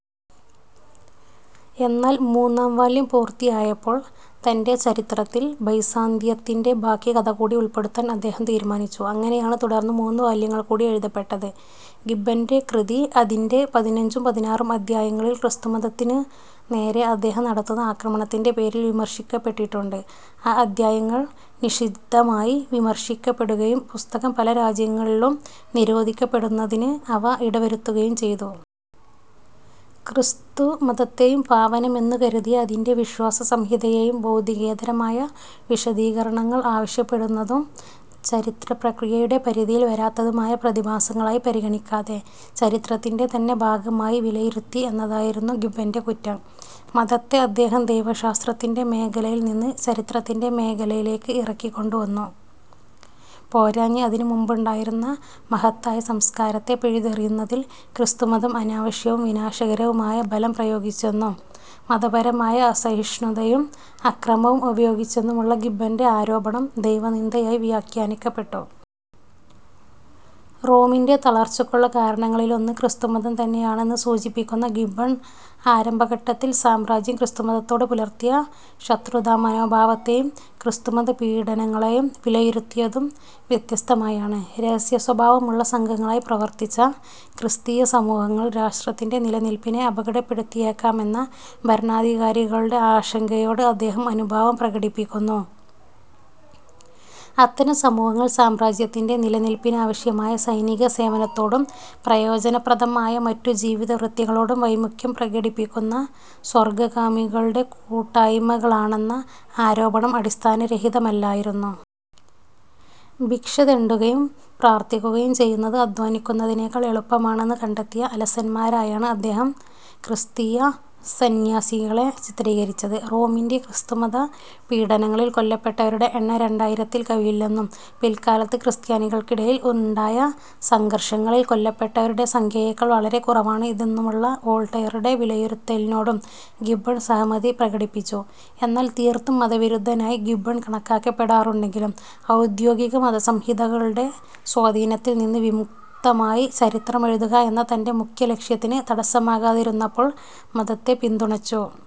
എന്നാൽ മൂന്നാം വാല്യം പൂർത്തിയായപ്പോൾ തന്റെ ചരിത്രത്തിൽ ബൈസാന്തിയത്തിന്റെ ബാക്കി കഥ കൂടി ഉൾപ്പെടുത്താൻ അദ്ദേഹം തീരുമാനിച്ചു. അങ്ങനെയാണ് തുടർന്ന് മൂന്നുവാല്യങ്ങൾ കൂടി എഴുതപ്പെട്ടത്. ഗിബ്ബന്റെ കൃതി, അതിന്റെ പതിനഞ്ചും പതിനാറും അദ്ധ്യായങ്ങളിൽ ക്രിസ്തുമതത്തിനുനേരേ അദ്ദേഹം നടത്തുന്ന ആക്രമണത്തിന്റെ പേരിൽ വിമർശിക്കപ്പെട്ടിട്ടുണ്ട്. ആ അദ്ധ്യായങ്ങൾ നിശിതമായി വിമർശിക്കപ്പെടുകയും പുസ്തകം പല രാജ്യങ്ങളിലും നിരോധിക്കപ്പെടുന്നതിന് അവ ഇടവരുത്തുകയും ചെയ്തു. ക്രിസ്തുമതത്തേയും പാവനമെന്നുകരുതിയ അതിന്റെ വിശ്വാസസംഹിതയേയും ഭൗതികേതരമായ വിശദീകരണങ്ങൾ ആവശ്യപ്പെടുന്നതും ചരിത്രപ്രക്രിയയുടെ പരിധിയിൽ വരാത്തതുമായ പ്രതിഭാസങ്ങളായി പരിഗണിക്കാതെ ചരിത്രത്തിന്റെ തന്നെ ഭാഗമായി വിലയിരുത്തി എന്നതായിരുന്നു ഗിബ്ബന്റെ 'കുറ്റം'. മതത്തെ അദ്ദേഹം ദൈവശാസ്ത്രത്തിന്റെ മേഖലയിൽ നിന്ന് ചരിത്രത്തിന്റെ മേഖലയിലേക്ക് ഇറക്കിക്കൊണ്ടുവന്നു. പോരാഞ്ഞ്, അതിനുമുൻപുണ്ടായിരുന്ന മഹത്തായ സംസ്കാരത്തെ പിഴുതെറിയുന്നതിൽ ക്രിസ്തുമതം അനാവശ്യവും വിനാശകരവുമായ ബലം പ്രയോഗിച്ചെന്നും മതപരമായ അസഹിഷ്ണുതയും അക്രമവും ഉപയോഗിച്ചെന്നുമുള്ള ഗിബ്ബന്റെ ആരോപണം ദൈവനിന്ദയായി വ്യാഖ്യാനിക്കപ്പെട്ടു. റോമിന്റെ തളർച്ചക്കുള്ള കാരണങ്ങളിലൊന്ന് ക്രിസ്തുമതം തന്നെയാണെന്ന് സൂചിപ്പിക്കുന്ന ഗിബ്ബൺ ആരംഭഘട്ടത്തിൽ സാമ്രാജ്യം ക്രിസ്തുമതത്തോടുപുലർത്തിയ ശത്രുതാമനോഭാവത്തേയും ക്രിസ്തുമതപീഡനങ്ങളേയും വിലയിരുത്തിയതും വ്യത്യസ്തമായാണ്. രഹസ്യസ്വഭാവമുള്ള സംഘങ്ങളായി പ്രവർത്തിച്ച ക്രിസ്തീയസമൂഹങ്ങൾ രാഷ്ട്രത്തിന്റെ നിലനില്പിനെ അപകടപ്പെടുത്തിയേക്കാമെന്ന ഭരണാധികാരികളുടെ ആശങ്കയോട് അദ്ദേഹം അനുഭാവം പ്രകടിപ്പിക്കുന്നു. അത്തരം സമൂഹങ്ങൾ, സാമ്രാജ്യത്തിന്റെ നിലനില്പിനാവശ്യമായ സൈനികസേവനത്തോടും പ്രയോജനപ്രദമായ മറ്റു ജീവിതവൃത്തികളോടും വൈമുഖ്യം പ്രകടിപ്പിക്കുന്ന സ്വർഗ്ഗകാമികളുടെ കുട്ടായ്മകളാണെന്ന ആരോപണം അടിസ്ഥാനരഹിതമല്ലായിരുന്നു. ഭിക്ഷതെണ്ടുകയും പ്രാർത്ഥിക്കുകയും ചെയ്യുന്നത് അദ്ധ്വാനിക്കുന്നതിനേക്കാൾ എളുപ്പമാണെന്ന് കണ്ടെത്തിയ അലസന്മാരായാണ് അദ്ദേഹം ക്രിസ്തീയ സംന്യാസികളെ ചിത്രീകരിച്ചത്. റോമിന്റെ ക്രിസ്തുമതപീഡനങ്ങളിൽ കൊല്ലപ്പെട്ടവരുടെ എണ്ണം രണ്ടായിരത്തിൽ കവിയില്ലെന്നും പിൽക്കാലത്ത് ക്രിസ്ത്യാനികൾക്കിടയിൽ ഉണ്ടായ സംഘർഷങ്ങളിൽ കൊല്ലപ്പെട്ടവരുടെ സംഖ്യയേക്കാൾ വളരെക്കുറവാണ് ഇതെന്നുമുള്ള വോൾട്ടയറുടെ വിലയിരുത്തലിനോടും ഗിബ്ബൺ സഹമതി പ്രകടിപ്പിച്ചു. എന്നാൽ തീർത്തും മതവിരുദ്ധനായി ഗിബ്ബൺ കണക്കാക്കപ്പെടാറുണ്ടെങ്കിലും ഔദ്യോഗിക മതസംഹിതകളുടെ സ്വാധീനത്തിൽ നിന്ന് വിമുക്തമായി ചരിത്രമെഴുതുക എന്ന തന്റെ മുഖ്യലക്ഷ്യത്തിന് തടസമാകാതിരുന്നപ്പോൾ മതത്തെ പിന്തുണച്ചു.